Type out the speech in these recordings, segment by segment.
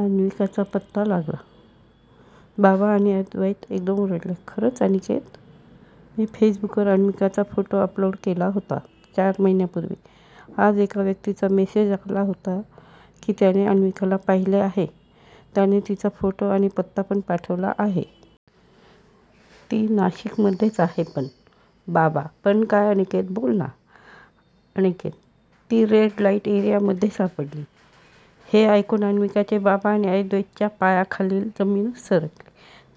अन्विकाचा पत्ता लागला "बाबा आणि अव्दैत एकदम ओरडले, "खरंच "अनिकेत," मी फेसबुकवर अन्विकाचा फोटो अपलोड केला होता चार महिन्या पूर्वी, आज एका व्यक्तीचा मेसेज आला होता की त्याने अन्विकाला पाहिले आहे त्याने तिचा फोटो आणि पत्ता पण पाठवला आहे. ती नाशिक मध्येच आहे पण" बाबा, " पण काय? अनिकेत बोल ना! "अनिकेत, " ती रेड लाईट एरिआ मध्ये सापडलीय. "हे ऐकून अन्विकाचे बाबा आणि अव्दैतच्या पाया खालील जमीनच सरकली.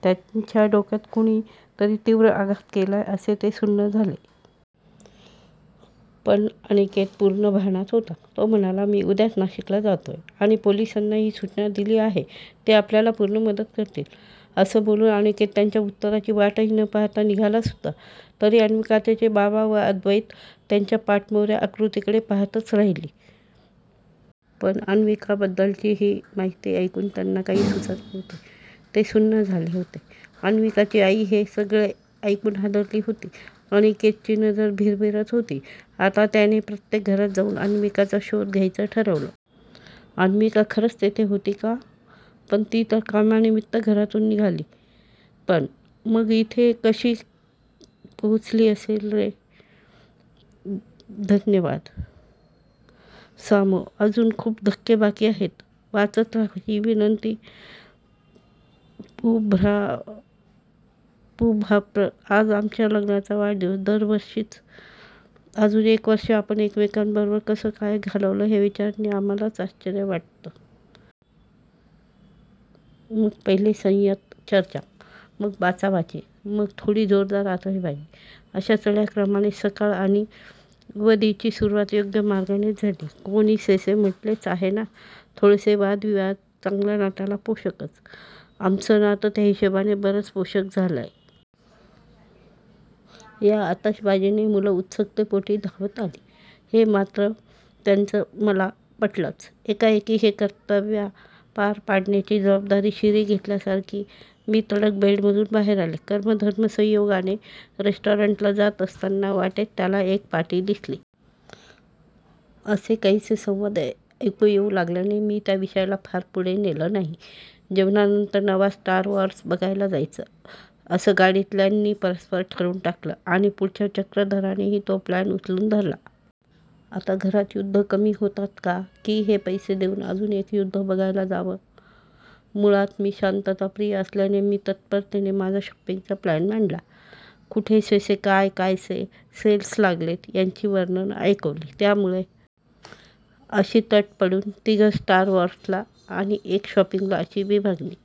त्यांच्या डोक्यात कोणी तरी तीव्र आघात केलाय असे ते सुन्न झाले. पण अनिकेत पूर्ण भानात होता. तो म्हणाला मी उद्याच नाशिकला जातोय आणि पोलीसांना ही सूचना दिली आहे ते आपल्याला पूर्ण मदत करतील. अस बोलून अनिकेत त्यांच्या उत्तराची वाटही न पाहता निघला सुद्धा. तरी अन्विकाचे बाबा व अव्दैत त्याच्या पाठमोर्या आकृतीकडे पाहताच राहिली. पण अन्विका बद्दलची ही माहिती ऐकून त्यांना काही सूचत नव्हते. ते सुन्न झाले होते. अन्विकाची आई हे सगळे ऐकून हादरली होती. अनिकेतची नजर भिरभिरत होती. आता त्याने प्रत्येक घरात जाऊन अन्विकाचा शोध घ्यायचं ठरवलं. अन्विका खरच तेथे होती का? पण ती तर कामानिमित्त घरातून निघाली पण मग इथे कशी पोहचली असेल? रे! धन्यवाद सामो, अजून खूप धक्के बाकी आहेत वाचत रहा ही विनंतीपुभाप्र! आज आमच्या लग्नाचा वाढदिवस! दरवर्षीच अजून एक वर्ष आपण एकमेकांबरोबर कसं काय घालवलं ह्या विचारानी आम्हालाच आश्चर्य वाटतं. मग पहिले संयत चर्चा, मग बाचा-बाची, मग थोडी जोरदार आतषबाजी अश्या चढ्या क्रमाने सकाळ आणि वदि ची सुरुवात योग्य मार्गानेच झाली. कोणीसेसे म्हटलेच आहे ना थोडेसे वाद-विवाद चांगल्या नात्याला पोषकच! आमचं नातं त्या हिशोबाने बरंच पोषक झालंय. या आतषबाजीने मुलं उत्सुकतेपोटी धावत आली. हे मात्र त्यांचं मला पटलंच. एकाएकी हे कर्तव्या पार पाडण्याची जबाबदारी शिरी घेतल्यासारखी मी तडक बेडमधून बाहेर आले. कर्म-धर्मसंयोगाने रेस्टॉरंटला जात असताना वाटेत त्याला एक पाटी दिसली -!,''" असे काहीसे संवाद ऐकू येऊ लागल्याने मी त्या विषयाला फार पुढे नेलं नाही. जेवणानंतर नवा स्टार-वॉर्स बघायला जायचं असं गाडीतल्या नी परस्पर ठरवून टाकलं आणि पुढच्या चक्रधरानेही तो प्लॅन उचलून धरला. आता घरात युद्ध कमी होतात का की हे पैसे देऊन अजून एक युद्ध बघायला जावं? मूळात मी शांतताप्रिय असल्याने मी तत्परतेने माझा शॉपिंगचा प्लॅन मांडला. कुठेसेसे काय-कायसे सेल्स लागलेत याची वर्णनं ऐकवली. त्यामुळे अशी तट पडून तिघं स्टार-वॉर्सला आणि एक शॉपिंगला अशी विभागणी